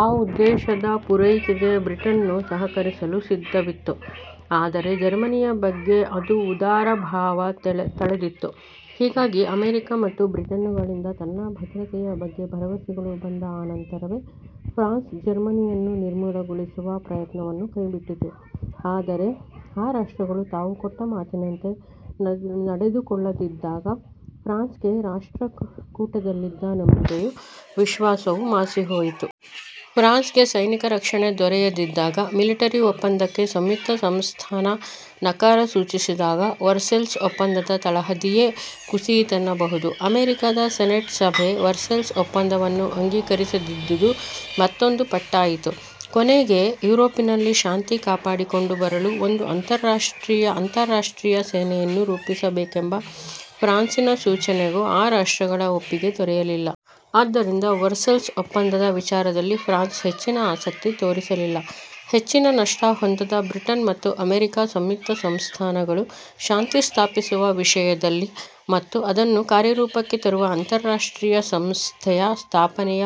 ಆ ಉದ್ದೇಶದ ಪುರೈಕೆಗೆ ಬ್ರಿಟನ್ನೂ ಸಹಕರಿಸಲು ಸಿದ್ಧವಿತ್ತು. ಆದರೆ ಜರ್ಮನಿಯ ಬಗ್ಗೆ ಅದು ಉದಾರಭಾವ ತಳೆದಿತ್ತು. ಹೀಗಾಗಿ ಅಮೆರಿಕ ಮತ್ತು ಬ್ರಿಟನ್ನುಗಳಿಂದ ತನ್ನ ಭದ್ರತೆಯ ಬಗ್ಗೆ ಭರವಸೆಗಳು ಬಂದ ಅನಂತರವೇ ಫ್ರಾನ್ಸ್ ಜರ್ಮನಿಯನ್ನು ನಿರ್ಮೂಲಗೊಳಿಸುವ ಪ್ರಯತ್ನವನ್ನು ಕೈ ಬಿಟ್ಟಿತು. ಆದರೆ ಆ ರಾಷ್ಟ್ರಗಳು ತಾವು ಕೊಟ್ಟ ಮಾತಿನಂತೆ ನಡೆದುಕೊಳ್ಳದಿದ್ದಾಗ ಫ್ರಾನ್ಸ್ ಗೆ ರಾಷ್ಟ್ರ ಕೂಟದಲ್ಲಿದ್ದ ನಂಬಿಕೆಯೂ ವಿಶ್ವಾಸವು ಮಾಸಿಹೋಯಿತು. ಫ್ರಾನ್ಸ್ಗೆ ಸೈನಿಕ ರಕ್ಷಣೆ ದೊರೆಯದಿದ್ದಾಗ, ಮಿಲಿಟರಿ ಒಪಂದಕ್ಕೆ ಸಂಯುಕ್ತ ಸಂಸ್ಥಾನ ನಕಾರ ಸೂಚಿಸಿದಾಗ, ವರ್ಸೇಲ್ಸ್, ಒಪ್ಪಂದದ ತಳಹದಿಯೇ ಕುಸಿಯಿತೆನ್ನಬಹುದು. ಅಮೆರಿಕದ ಸೆನೆಟ್ ಸಭೆ ವರ್ಸೇಲ್ಸ್ ಒಪ್ಪಂದವನ್ನು ಅಂಗೀಕರಿಸದಿದ್ದುದು ಮತ್ತೊಂದು ಪೆಟ್ಟಾಯಿತು. ಕೊನೆಗೆ ಯುರೋಪಿನಲ್ಲಿ ಶಾಂತಿ ಕಾಪಾಡಿಕೊಂಡು ಬರಲು ಒಂದು ಅಂತಾರಾಷ್ಟ್ರೀಯ ಸೇನೆಯನ್ನು ರೂಪಿಸಬೇಕೆಂಬ ಫ್ರಾನ್ಸಿನ ಸೂಚನೆಗೂ ಆ ರಾಷ್ಟ್ರಗಳ ಒಪ್ಪಿಗೆ ದೊರೆಯಲಿಲ್ಲ. ಆದ್ದರಿಂದ ವರ್ಸೇಲ್ಸ್ ಒಪ್ಪಂದದ ವಿಚಾರದಲ್ಲಿ ಫ್ರಾನ್ಸ್ ಹೆಚ್ಚಿನ ಆಸಕ್ತಿ ತೋರಿಸಲಿಲ್ಲ. ಹೆಚ್ಚಿನ ನಷ್ಟ ಹೊಂದದ ಬ್ರಿಟನ್ ಮತ್ತು ಅಮೆರಿಕ ಸಂಯುಕ್ತ ಸಂಸ್ಥಾನ ಗಳು ಶಾಂತಿ ಸ್ಥಾಪಿಸುವ ವಿಷಯದಲ್ಲಿ ಮತ್ತು ಅದನ್ನು ಕಾರ್ಯರೂಪಕ್ಕೆ ತರುವ ಅಂತಾರಾಷ್ಟ್ರೀಯ ಸಂಸ್ಥೆಯ ಸ್ಥಾಪನೆಯ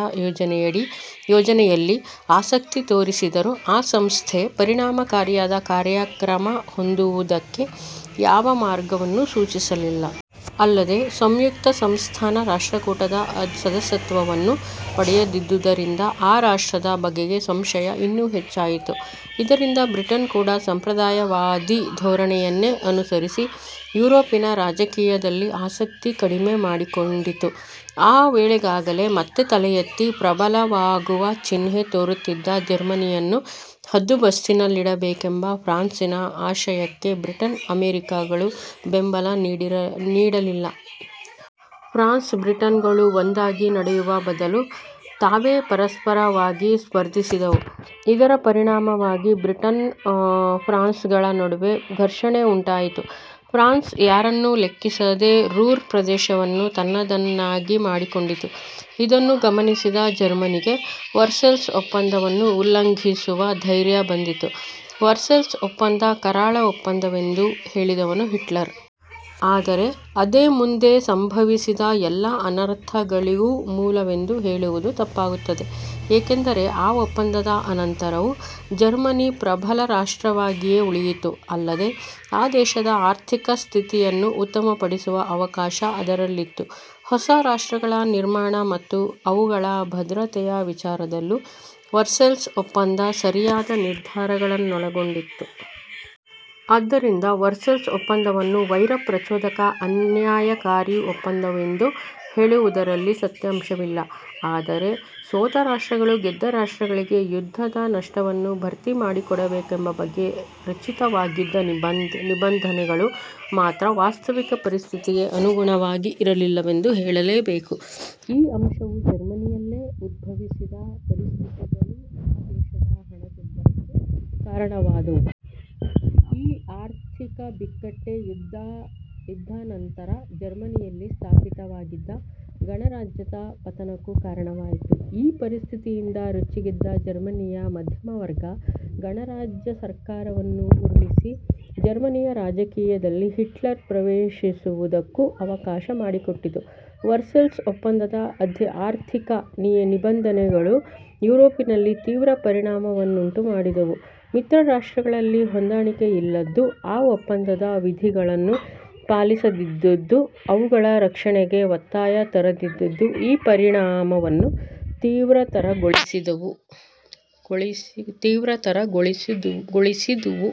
ಯೋಜನೆಯಲ್ಲಿ ಆಸಕ್ತಿ ತೋರಿಸಿದರೂ ಆ ಸಂಸ್ಥೆ ಪರಿಣಾಮಕಾರಿಯಾದ ಕಾರ್ಯಕ್ರಮ ಹೊಂದುವುದಕ್ಕೆ ಯಾವ ಮಾರ್ಗವನ್ನೂ ಸೂಚಿಸಲಿಲ್ಲ. ಅಲ್ಲದೆ ಸಂಯುಕ್ತಸಂಸ್ಥಾನ ರಾಷ್ಟ್ರಕೂಟದ ಸದಸ್ಯತ್ವವನ್ನೂ ಪಡೆಯದಿದ್ದುದರಿಂದ ಆ ರಾಷ್ಟ್ರದ ಬಗೆಗೆ ಸಂಶಯ ಇನ್ನೂ ಹೆಚ್ಚಾಯಿತು. ಇದರಿಂದ ಬ್ರಿಟನ್ ಕೂಡ ಸಂಪ್ರದಾಯವಾದಿ ಧೋರಣೆಯನ್ನೇ ಅನುಸರಿಸಿ ಯುರೋಪಿನ ರಾಜಕೀಯದಲ್ಲಿ ಆಸಕ್ತಿ ಕಡಿಮೆ ಮಾಡಿಕೊಂಡಿತು. ಆ ವೇಳೆಗಾಗಲೇ ಮತ್ತೆ ತಲೆಯೆತ್ತಿ ಪ್ರಬಲವಾಗುವ ಚಿಹ್ನೆ ತೋರುತ್ತಿದ್ದ ಜರ್ಮನಿಯನ್ನು ಹದ್ದುಬಸ್ತಿನಲ್ಲಿಡಬೇಕೆಂಬ ಫ್ರಾನ್ಸಿನ ಆಶಯಕ್ಕೆ ಬ್ರಿಟನ್ ಅಮೆರಿಕಗಳು ಬೆಂಬಲ ನೀಡಲಿಲ್ಲ. ಫ್ರಾನ್ಸ್ ಬ್ರಿಟನ್ಗಳು ಒಂದಾಗಿ ನಡೆಯುವ ಬದಲು ತಾವೇ ಪರಸ್ಪರವಾಗಿ ಸ್ಪರ್ಧಿಸಿದುವು. ಇದರ ಪರಿಣಾಮವಾಗಿ ಬ್ರಿಟನ್ ಫ್ರಾನ್ಸ್ಗಳ ನಡುವೆ ಘರ್ಷಣೆ ಉಂಟಾಯಿತು. ಫ್ರಾನ್ಸ್ ಯಾರನ್ನೂ ಲೆಕ್ಕಿಸಿದೆ ರೂರ್ ಪ್ರದೇಶವನ್ನು ತನ್ನದನ್ನಾಗಿ ಮಾಡಿಕೊಂಡಿತು. ಇದನ್ನು ಗಮನಿಸಿದ ಜರ್ಮನಿಗೆ ವರ್ಸೇಲ್ಸ್ ಒಪ್ಪಂದವನ್ನು ಉಲ್ಲಂಘಿಸುವ ಧ್ಯೆರ್ಯ ಬಂದಿತು. ವರ್ಸೇಲ್ಸ್ ಒಪ್ಪಂದ ಕರಾಳ ಒಪ್ಪಂದವೆಂದು ಹೇಳಿದವನು ಹಿಟ್ಲರ್. ಆದರೆ ಅದೇ ಮುಂದೆ ಸಂಭವಿಸಿದ ಎಲ್ಲ ಅನರ್ಥಗಳಿಗೂ ಮೂಲವೆಂದು ಹೇಳುವುದು ತಪ್ಪಾಗುತ್ತದೆ. ಏಕೆಂದರೆ ಆ ಒಪ್ಪಂದದ ಅನಂತರವೂ ಜರ್ಮನಿ ಪ್ರಬಲ ರಾಷ್ಟ್ರವಾಗಿಯೇ ಉಳಿಯಿತು. ಅಲ್ಲದೆ ಆ ದೇಶದ ಆರ್ಥಿಕ ಸ್ಥಿತಿಯನ್ನು ಉತ್ತಮಪಡಿಸುವ ಅವಕಾಶ ಅದರಲ್ಲಿತ್ತು. ಹೊಸ ರಾಷ್ಟ್ರಗಳ ನಿರ್ಮಾಣ ಮತ್ತು ಅವುಗಳ ಭದ್ರತೆಯ ವಿಚಾರದಲ್ಲೂ ವರ್ಸೇಲ್ಸ್ ಒಪ್ಪಂದ ಸರಿಯಾದ ನಿರ್ಧಾರಗಳನ್ನೊಳಗೊಂಡಿತ್ತು. ಆದ್ದರಿಂದ ವರ್ಸೇಲ್ಸ್ ಒಪ್ಪಂದವನ್ನು ವೈರ ಪ್ರಚೋದಕ ಅನ್ಯಾಯಕಾರಿ ಒಪ್ಪಂದವೆಂದು ಹೇಳುವುದರಲ್ಲಿ ಸತ್ಯಾಂಶವಿಲ್ಲ. ಆದರೆ ಸೋತ ರಾಷ್ಟ್ರಗಳು ಗೆದ್ದ ರಾಷ್ಟ್ರಗಳಿಗೆ ಯುದ್ಧದ ನಷ್ಟವನ್ನು ಭರ್ತಿಮಾಡಿಕೊಡಬೇಕೆಂಬ ಬಗ್ಗೆ ರಚಿತವಾಗಿದ್ದ ನಿಬಂಧನೆಗಳು ಮಾತ್ರ ವಾಸ್ತವಿಕ ಪರಿಸ್ಥಿತಿಗೆ ಅನುಗುಣವಾಗಿ ಇರಲಿಲ್ಲವೆಂದು ಹೇಳಲೇಬೇಕು. ಈ ಅಂಶವೂ ಜರ್ಮನಿಯಲ್ಲೇ ಉದ್ಭವಿಸಿದ ಪರಿಸ್ಥಿತಿಗಳೂ ಆ ದೇಶದ ಹಣದುಬ್ಬರಕ್ಕೆ ಕಾರಣವಾದುವು. ಈ ಆರ್ಥಿಕ ಬಿಕ್ಕಟ್ಟೇ ಯುದ್ಧಾನಂತರ ಜರ್ಮನಿಯಲ್ಲಿ ಸ್ಥಾಪಿತವಾಗಿದ್ದ ಗಣರಾಜ್ಯದ ಪತನಕ್ಕೂ ಕಾರಣವಾಯಿತು. ಈ ಪರಿಸ್ಥಿತಿಯಿಂದ ರೊಚ್ಚಿಗೆದ್ದ ಜರ್ಮನಿಯ ಮಧ್ಯಮವರ್ಗ ಗಣರಾಜ್ಯ ಸರ್ಕಾರವನ್ನು ಉರುಳಿಸಿ, ಜರ್ಮನಿಯ ರಾಜಕೀಯದಲ್ಲಿ ಹಿಟ್ಲರ್ ಪ್ರವೇಶಿಸುವುದಕ್ಕೂ ಅವಕಾಶಮಾಡಿಕೊಟ್ಟಿತು. ವರ್ಸೇಲ್ಸ್ ಒಪ್ಪಂದದ ಆರ್ಥಿಕ ನಿಬಂಧನೆಗಳು ಯುರೋಪಿನಲ್ಲಿ ತೀವ್ರ ಪರಿಣಾಮವನ್ನುಂಟುಮಾಡಿದುವು. ಮಿತ್ರರಾಷ್ಟ್ರಗಳಲ್ಲಿ ಹೊಂದಾಣಿಕೆಯಿಲ್ಲದ್ದೂ ಆ ಒಪ್ಪಂದದ ವಿಧಿಗಳನ್ನು ಪಾಲಿಸದಿದ್ದದ್ದೂ ಅವುಗಳ ಆಚರಣೆಗೆ ಒತ್ತಾಯ ತರದಿದ್ದದ್ದೂ ಈ ಪರಿಣಾಮವನ್ನು ತೀವ್ರತರಗೊಳಿಸಿದುವು.